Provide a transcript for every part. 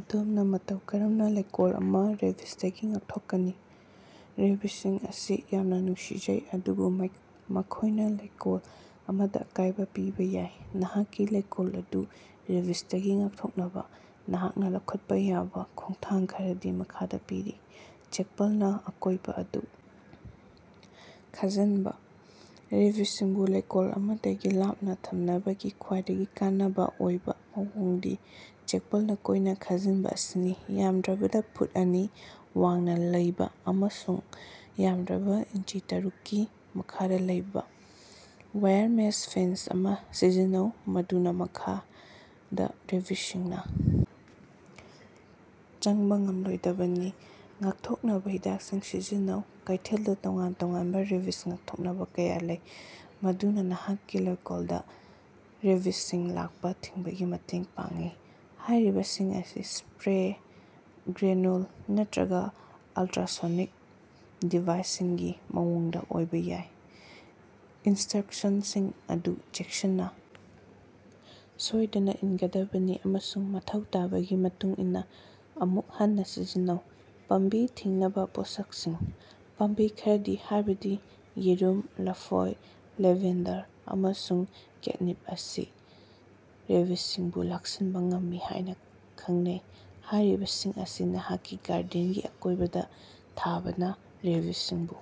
ꯑꯗꯣꯝꯅꯥ ꯃꯇꯧ ꯀꯔꯝꯅꯥ ꯂꯩꯀꯣꯜ ꯑꯃꯥ ꯔꯦꯕꯤꯖꯗꯒꯤ ꯉꯥꯛꯊꯣꯛꯀꯅꯤ? ꯔꯦꯕꯤꯖꯁꯤꯡ ꯑꯁꯤ ꯌꯥꯝꯅꯥ ꯅꯨꯡꯁꯤꯖꯩ ꯑꯗꯨꯕꯨ ꯃꯈꯣꯢꯅ ꯂꯩꯀꯣꯜ ꯑꯃꯗ ꯑꯀꯥꯢꯕꯥ ꯄꯤꯕꯥ ꯌꯥꯏ꯫ ꯅꯍꯥꯛꯀꯤ ꯂꯣꯀꯦꯜ ꯑꯗꯨ ꯔꯦꯕꯤꯖꯗꯒꯤ ꯉꯥꯛꯊꯣꯛꯅꯕꯥ ꯅꯍꯥꯛꯅꯥ ꯂꯧꯈꯠꯄꯥ ꯌꯥꯕꯥ ꯈꯣꯡꯊꯥꯡ ꯈꯔꯗꯤ ꯃꯈꯥꯗꯥ ꯄꯤꯔꯤ: ꯆꯦꯛꯄꯜꯅ ꯑꯀꯣꯏꯕ ꯑꯗꯨ ꯈꯥꯖꯥꯟꯕ: ꯔꯦꯕꯤꯖꯁꯤꯡꯕꯨ ꯂꯣꯀꯦꯜ ꯑꯃꯗꯒꯤ ꯂꯥꯞꯅꯥ ꯊꯝꯅꯕꯒꯤ ꯈ꯭ꯋꯥꯏꯗꯒꯤ ꯀꯥꯟꯅꯕ ꯑꯣꯏꯕ ꯃꯑꯣꯡꯗꯤ ꯆꯦꯛꯄꯜꯅ ꯀꯣꯏꯅ ꯈꯥꯖꯤꯟꯕ ꯑꯁꯤꯅꯤ꯫ ꯌꯥꯝꯗ꯭ꯔꯕꯗꯥ ꯐꯨꯠ ꯑꯅꯤ ꯋꯥꯡꯅꯥ ꯂꯩꯕꯥ ꯑꯃꯁꯨꯡ ꯌꯥꯃꯗ꯭ꯔꯕꯗꯥ ꯏꯟꯆꯤ ꯇꯔꯨꯛꯀꯤ ꯃꯈꯥꯗ ꯂꯩꯕ ꯋꯥꯏꯔ ꯃꯦꯁ ꯐꯦꯟꯁ ꯑꯃꯥ ꯁꯤꯖꯤꯟꯅꯧ ꯃꯗꯨꯅꯥ ꯃꯈꯥꯗ ꯔꯦꯕꯤꯖꯁꯤꯡꯅꯥ ꯆꯪꯕ ꯉꯝꯂꯣꯏꯗꯕꯅꯤ꯫ ꯉꯥꯛꯊꯣꯛꯅꯕ ꯍꯤꯗꯥꯛꯁꯤꯡ ꯁꯤꯖꯤꯟꯅꯧ: ꯀꯩꯊꯦꯜꯗꯥ ꯇꯣꯉꯥꯟ-ꯇꯣꯉꯥꯟꯕ ꯔꯦꯕꯤꯖ ꯉꯥꯛꯊꯣꯛꯅꯕ ꯀꯌꯥ ꯂꯩ ꯃꯗꯨꯅꯥ ꯅꯍꯥꯛꯀꯤ ꯂꯣꯀꯦꯜ ꯗ ꯔꯦꯕꯤꯖꯁꯤꯡ ꯂꯥꯛꯄ ꯊꯤꯡꯕꯗ ꯃꯇꯦꯡ ꯄꯥꯡꯏ꯫ ꯍꯥꯢꯔꯤꯕꯁꯤꯡ ꯑꯁꯤ ꯁꯄ꯭ꯔꯦ, ꯒ꯭ꯔꯦꯅꯨꯜ ꯅꯠꯇ꯭ꯔꯒ ꯑꯂꯇ꯭ꯔꯥꯁꯣꯅꯤꯛ ꯗꯤꯚꯥꯏꯁꯁꯤꯡꯒꯤ ꯃꯑꯣꯡꯗ ꯑꯣꯏꯕꯥ ꯌꯥꯏ꯫ ꯏꯟꯁꯇ꯭ꯔꯛꯁꯟꯁꯤꯡ ꯑꯗꯨ ꯆꯦꯛꯁꯤꯟꯅ ꯁꯣꯢꯗꯅ ꯏꯅꯒꯗꯕꯅꯤ ꯑꯃꯁꯨꯡ ꯃꯊꯧ ꯇꯥꯕꯒꯤ ꯃꯇꯨꯡꯏꯟꯅꯥ ꯑꯃꯨꯛ ꯍꯟꯅꯥ ꯁꯤꯖꯤꯟꯅꯧ꯫ ꯄꯥꯝꯕꯤ ꯊꯤꯡꯅꯕ ꯄꯣꯠꯁꯛꯁꯤꯡ: ꯄꯥꯝꯕꯤ ꯈꯔꯗꯤ ꯍꯥꯢꯕꯗꯤ ꯌꯦꯔꯨꯝ, ꯂꯐꯣꯏ, ꯂꯦꯚꯦꯟꯗꯔ ꯑꯃꯁꯨꯡ ꯀꯦꯠꯅꯤꯞ ꯑꯁꯤ ꯔꯦꯕꯤꯖꯁꯤꯡꯕꯨ ꯂꯥꯛꯁꯤꯟꯕ ꯉꯝꯃꯤ ꯍꯥꯢꯅ ꯈꯪꯅꯩ꯫ ꯍꯥꯢꯔꯤꯕꯁꯤꯡ ꯑꯁꯤ ꯅꯍꯥꯛꯀꯤ ꯒꯥꯔꯗꯦꯟꯒꯤ ꯑꯀꯣꯢꯕꯗ ꯊꯥꯕꯅ ꯔꯦꯕꯤꯖꯁꯤꯡꯕꯨ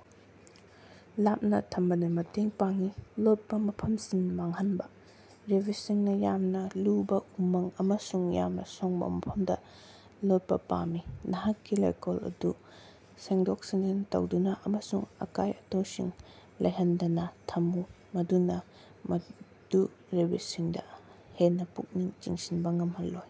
ꯂꯥꯞꯅ ꯊꯝꯕꯗꯥ ꯃꯇꯦꯡ ꯄꯥꯡꯏ꯫ ꯂꯣꯠꯄꯥ ꯃꯐꯝꯁꯤꯡ ꯃꯥꯡꯍꯟꯕ: ꯔꯦꯕꯤꯖꯁꯤꯡꯅ ꯌꯥꯝꯅ ꯂꯨꯕꯥ ꯎꯃꯪ ꯑꯃꯁꯨꯡ ꯌꯥꯝꯅ ꯁꯣꯡꯕ ꯃꯐꯝꯗ ꯂꯣꯠꯄꯥ ꯄꯥꯝꯃꯤ꯫ ꯅꯍꯥꯛꯀꯤ ꯂꯣꯀꯦꯜ ꯑꯗꯨ ꯁꯦꯡꯗꯣꯛ-ꯁꯦꯡꯖꯤꯟ ꯇꯧꯗꯨꯅ ꯑꯃꯁꯨꯡ ꯑꯀꯥꯢ-ꯑꯇꯣꯢꯁꯤꯡ ꯂꯩꯍꯟꯗꯅ ꯊꯝꯃꯨ ꯃꯗꯨꯅ ꯃꯗꯨ ꯔꯦꯕꯤꯖꯁꯤꯡꯗ ꯍꯦꯟꯅ ꯄꯨꯛꯅꯤꯡ ꯆꯤꯡꯁꯤꯟꯕ ꯉꯝꯍꯜꯂꯣꯏ꯫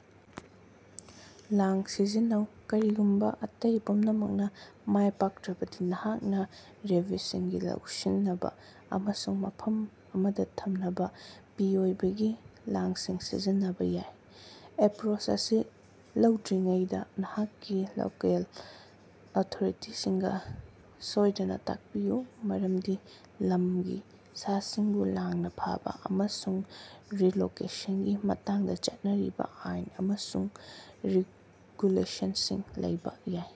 ꯂꯥꯡ ꯁꯤꯖꯤꯟꯅꯧ: ꯀꯔꯤꯒꯨꯝꯕꯥ ꯑꯇꯩ ꯄꯨꯝꯅꯃꯛ ꯃꯥꯢꯄꯥꯛꯇ꯭ꯔꯕꯗꯤ ꯅꯍꯥꯛꯅ ꯔꯦꯕꯤꯖꯁꯤꯡ ꯂꯧꯁꯤꯟꯅꯕ ꯑꯃꯁꯨꯡ ꯃꯐꯝ ꯑꯃꯗ ꯊꯝꯅꯕ ꯄꯤꯑꯣꯏꯕꯒꯤ ꯂꯥꯡꯁꯤꯡ ꯁꯤꯖꯤꯟꯅꯕꯥ ꯌꯥꯏ꯫ ꯑꯦꯄ꯭ꯔꯣꯆ ꯑꯁꯤ ꯂꯧꯗ꯭ꯔꯤꯉꯩꯗꯥ ꯅꯍꯥꯛꯀꯤ ꯂꯣꯀꯦꯜ ꯑꯣꯊꯣꯔꯤꯇꯤꯁꯤꯡꯒ ꯁꯣꯢꯗꯅꯥ ꯇꯥꯛꯄꯤꯌꯨ ꯃꯔꯝꯗꯤ ꯂꯝꯒꯤ ꯁꯥꯁꯤꯡꯕꯨ ꯂꯥꯡꯅ ꯐꯥꯕ ꯑꯃꯁꯨꯡ ꯔꯤꯂꯣꯀꯦꯁꯟꯒꯤ ꯃꯇꯥꯡꯗ ꯆꯠꯅꯔꯤꯕꯥ ꯑꯥꯏꯟ ꯑꯃꯁꯨꯡ ꯔꯦꯒꯨꯂꯦꯁꯟꯁꯤꯡ ꯂꯩꯕꯥ ꯌꯥꯏ꯫